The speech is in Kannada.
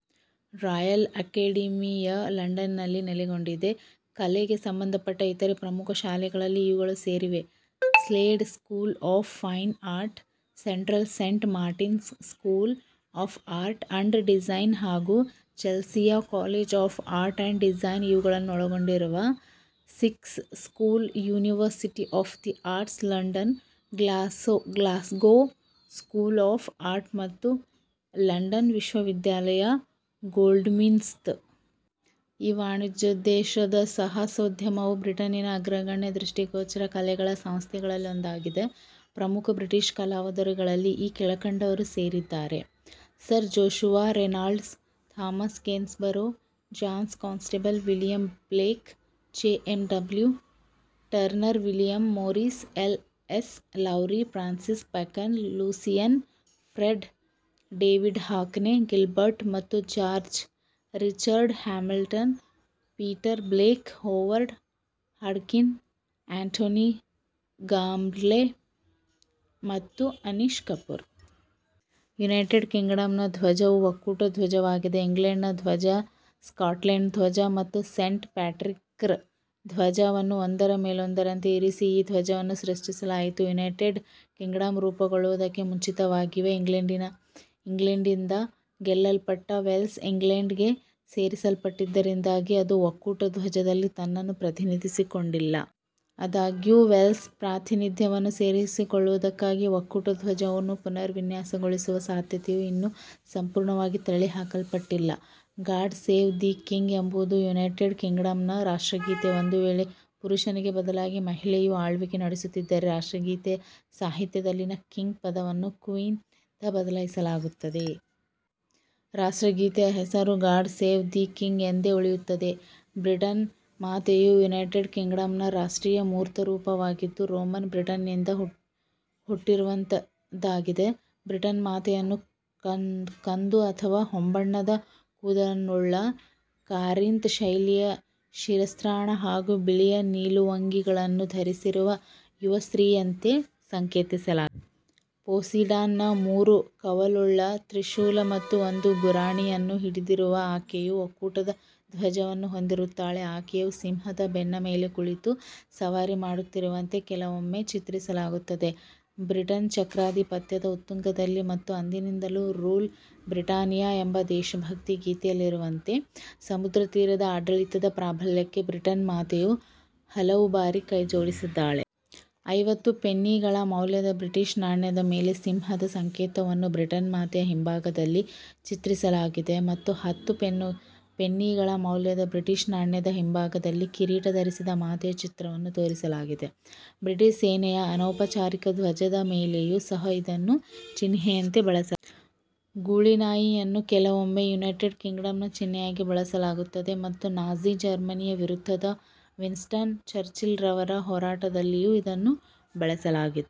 ರಾಯಲ್ ಅಕೆಡೆಮಿ ಯು ಲಂಡನ್ನಲ್ಲಿ ನೆಲೆಗೊಂಡಿದೆ. ಕಲೆಗೆ ಸಂಬಂಧಪಟ್ಟ ಇತರ ಪ್ರಮುಖ ಶಾಲೆಗಳಲ್ಲಿ ಇವುಗಳು ಸೇರಿವೆ: Slade School of Fine Art; Central Saint Martins School of Art and Design ಹಾಗೂ Chelsea College of Art and Design ಇವುಗಳನ್ನು ಒಳಗೊಂಡಿರುವ six school University of the Arts London; Glasgow School of Art ಮತ್ತು ಲಂಡನ್ ವಿಶ್ವವಿದ್ಯಾಲಯದ ಗೋಲ್ಡ್ಸ್ಮಿತ್ಸ್. ಈ ವಾಣಿಜ್ಯೋದ್ದೇಶದ ಸಾಹಸೋದ್ಯಮವು ಬ್ರಿಟನ್ನಿನ ಅಗ್ರಗಣ್ಯ ದೃಷ್ಟಿಗೋಚರ ಕಲೆಗಳ ಸಂಸ್ಥೆಗಳಲ್ಲಿ ಒಂದಾಗಿದೆ. ಪ್ರಮುಖ ಬ್ರಿಟಿಷ್ ಕಲಾವಿದರುಗಳಲ್ಲಿ ಈ ಕೆಳಕಂಡವರು ಸೇರಿದ್ದಾರೆ: Sir Joshua Reynolds, Thomas Gainsborough, John Constable, William Blake, J. M. W. Turner, William Morris, L. S. Lowry, Francis Bacon, Lucian Freud, David Hockney, Gilbert ಮತ್ತು George, Richard Hamilton, Peter Blake, Howard Hodgkin, Antony Gormley ಮತ್ತು ಅನೀಶ್ ಕಪೂರ್. ಯುನೈಟೆಡ್ ಕಿಂಗಡಂನ ಧ್ವಜ ವು ಒಕ್ಕೂಟ ಧ್ವಜ ವಾಗಿದೆ. ಇಂಗ್ಲೆಂಡ್ನ ಧ್ವಜ, ಸ್ಕಾಟ್ಲೆಂಡ್ನ ಧ್ವಜ ಮತ್ತು ಸೇಂಟ್ ಪ್ಯಾಟ್ರಿಕ್ರ ಧ್ವಜ ವನ್ನು ಒಂದರ ಮೇಲೊಂದರಂತೆ ಇರಿಸಿ ಈ ಧ್ವಜವನ್ನು ಸೃಷ್ಟಿಸಲಾಯಿತು. ಯುನೈಟೆಡ್ ಕಿಂಗಡಂ ರೂಪುಗೊಳ್ಳುವುದಕ್ಕೆ ಮುಂಚಿತವಾಗಿಯೇ, ಇಂಗ್ಲೆಂಡ್ನಿಂದ ಗೆಲ್ಲಲ್ಪಟ್ಟ ವೇಲ್ಸ್ ಇಂಗ್ಲೆಂಡ್ಗೆ ಸೇರಿಸಲ್ಪಟ್ಟಿದ್ದರಿಂದಾಗಿ ಅದು ಒಕ್ಕೂಟ ಧ್ವಜದಲ್ಲಿ ತನ್ನನ್ನು ಪ್ರತಿನಿಧಿಸಿಕೊಂಡಿಲ್ಲ. ಆದಾಗ್ಯೂ, ವೇಲ್ಸ್ನ ಪ್ರಾತಿನಿಧ್ಯವನ್ನು ಸೇರಿಸಿಕೊಳ್ಳುವುದಕ್ಕಾಗಿ ಒಕ್ಕೂಟ ಧ್ವಜವನ್ನು ಪುನರ್ ವಿನ್ಯಾಸಗೊಳಿಸುವ ಸಾಧ್ಯತೆಯು ಇನ್ನೂ ಸಂಪೂರ್ಣವಾಗಿ ತಳ್ಳಿಹಾಕಲ್ಪಟ್ಟಿಲ್ಲ. " ಗಾಡ್ ಸೇವ್ ದಿ ಕಿಂಗ್ " ಎಂಬುದು ಯುನೈಟೆಡ್ ಕಿಂಗ್ಡಂನ ರಾಷ್ಟ್ರಗೀತೆ. ಒಂದು ವೇಳೆ ಪುರುಷನಿಗೆ ಬದಲಾಗಿ ಮಹಿಳೆಯು ಆಳ್ವಿಕೆ ನಡೆಸುತ್ತಿದ್ದರೆ, ರಾಷ್ಟ್ರಗೀತೆಯ ಸಾಹಿತ್ಯದಲ್ಲಿನ "ಕಿಂಗ್" ಪದವನ್ನು "ಕ್ವೀನ್"ನಿಂದ ಬದಲಾಯಿಸಲಾಗುತ್ತದೆ. ರಾಷ್ಟ್ರಗೀತೆಯ ಹೆಸರು "ಗಾಡ್ ಸೇವ್ ದಿ ಕಿಂಗ್" ಎಂದೇ ಉಳಿಯುತ್ತದೆ. ಬ್ರಿಟನ್ ಮಾತೆ ಯು ಯುನೈಟೆಡ್ ಕಿಂಗ್ಡಂನ ರಾಷ್ಟ್ರೀಯ ಮೂರ್ತರೂಪ ವಾಗಿದ್ದು, ರೋಮನ್ ಬ್ರಿಟನ್ ನಿಂದ ಹುಟ್ಟಿರುವಂಥಾದ್ದಾಗಿದೆ. ಬ್ರಿಟನ್ ಮಾತೆಯನ್ನು ಕಂದು ಅಥವಾ ಹೊಂಬಣ್ಣದ ಕೂದಲನ್ನುಳ್ಳ, ಕಾರಿಂತ್ ಶೈಲಿಯ ಶಿರಸ್ತ್ರಾಣ ಹಾಗೂ ಬಿಳಿಯ ನಿಲುವಂಗಿಗಳನ್ನು ಧರಿಸಿರುವ ಯುವ ಸ್ತ್ರೀಯಂತೆ ಸಂಕೇತಿಸಲಾಗಿದೆ. ಪೋಸಿಡಾನ್ ನ ಮೂರು ಕವಲುಳ್ಳ ತ್ರಿಶೂಲ ಮತ್ತು ಒಂದು ಗುರಾಣಿ ಯನ್ನು ಹಿಡಿದಿರುವ ಆಕೆಯು, ಒಕ್ಕೂಟದ ಧ್ವಜವನ್ನು ಹೊಂದಿರುತ್ತಾಳೆ. ಆಕೆಯು ಸಿಂಹದ ಬೆನ್ನ ಮೇಲೆ ಕುಳಿತು ಸವಾರಿ ಮಾಡುತ್ತಿರುವಂತೆ ಕೆಲವೊಮ್ಮೆ ಚಿತ್ರಿಸಲಾಗುತ್ತದೆ. ಬ್ರಿಟನ್ ಚಕ್ರಾಧಿಪತ್ಯದ ಉತ್ತುಂಗದಲ್ಲಿ ಮತ್ತು ಅಂದಿನಿಂದಲೂ, ರೂಲ್, ಬ್ರಿಟಾನಿಯಾ! ಎಂಬ ದೇಶಭಕ್ತಿ ಗೀತೆಯಲ್ಲಿರುವಂತೆ, ಸಮುದ್ರ ತೀರದ ಆಡಳಿತ ಪ್ರಾಬಲ್ಯಕ್ಕೆ ಬ್ರಿಟನ್ ಮಾತೆಯು ಹಲವುಬಾರಿ ಕೈಜೋಡಿಸಿದ್ದಾಳೆ. ಐವತ್ತು ಪೆನ್ನಿಗಳ ಮೌಲ್ಯದ ಬ್ರಿಟಿಷ್ ನಾಣ್ಯ ದ ಮೇಲೆ ಸಿಂಹ ದ ಸಂಕೇತವನ್ನು ಬ್ರಿಟನ್ ಮಾತೆಯ ಹಿಂಭಾಗದಲ್ಲಿ ಚಿತ್ರಿಸಲಾಗಿದೆ ಮತ್ತು ಹತ್ತು ಪೆನ್ನಿಗಳ ಮೌಲ್ಯದ ಬ್ರಿಟಿಷ್ ನಾಣ್ಯ ದ ಹಿಂಭಾಗದಲ್ಲಿ ಕಿರೀಟ ಧರಿಸಿದ ಮಾತೆಯ ಚಿತ್ರವನ್ನು ತೋರಿಸಲಾಗಿದೆ. ಬ್ರಿಟಿಷ್ ಸೇನೆ ಯ ಅನೌಪಚಾರಿಕ ಧ್ವಜದ ಮೇಲೆಯೂ ಸಹ ಇದನ್ನು ಚಿಹ್ನೆಯಂತೆ ಬಳಸಲಾಗಿದೆ. ಗೂಳಿನಾಯಿ ಯನ್ನು ಕೆಲವೊಮ್ಮೆ ಯುನೈಟೆಡ್ ಕಿಂಗ್ಡಂನ ಚಿಹ್ನೆಯಾಗಿ ಬಳಸಲಾಗುತ್ತದೆ ಮತ್ತು ನಾಜಿ ಜರ್ಮನಿಯ ವಿರುದ್ಧದ ವಿನ್ಸ್ಟನ್ ಚರ್ಚಿಲ್ ರವರ ಹೋರಾಟದಲ್ಲಿಯೂ ಇದನ್ನು ಬಳಸಲಾಗಿತ್ತು.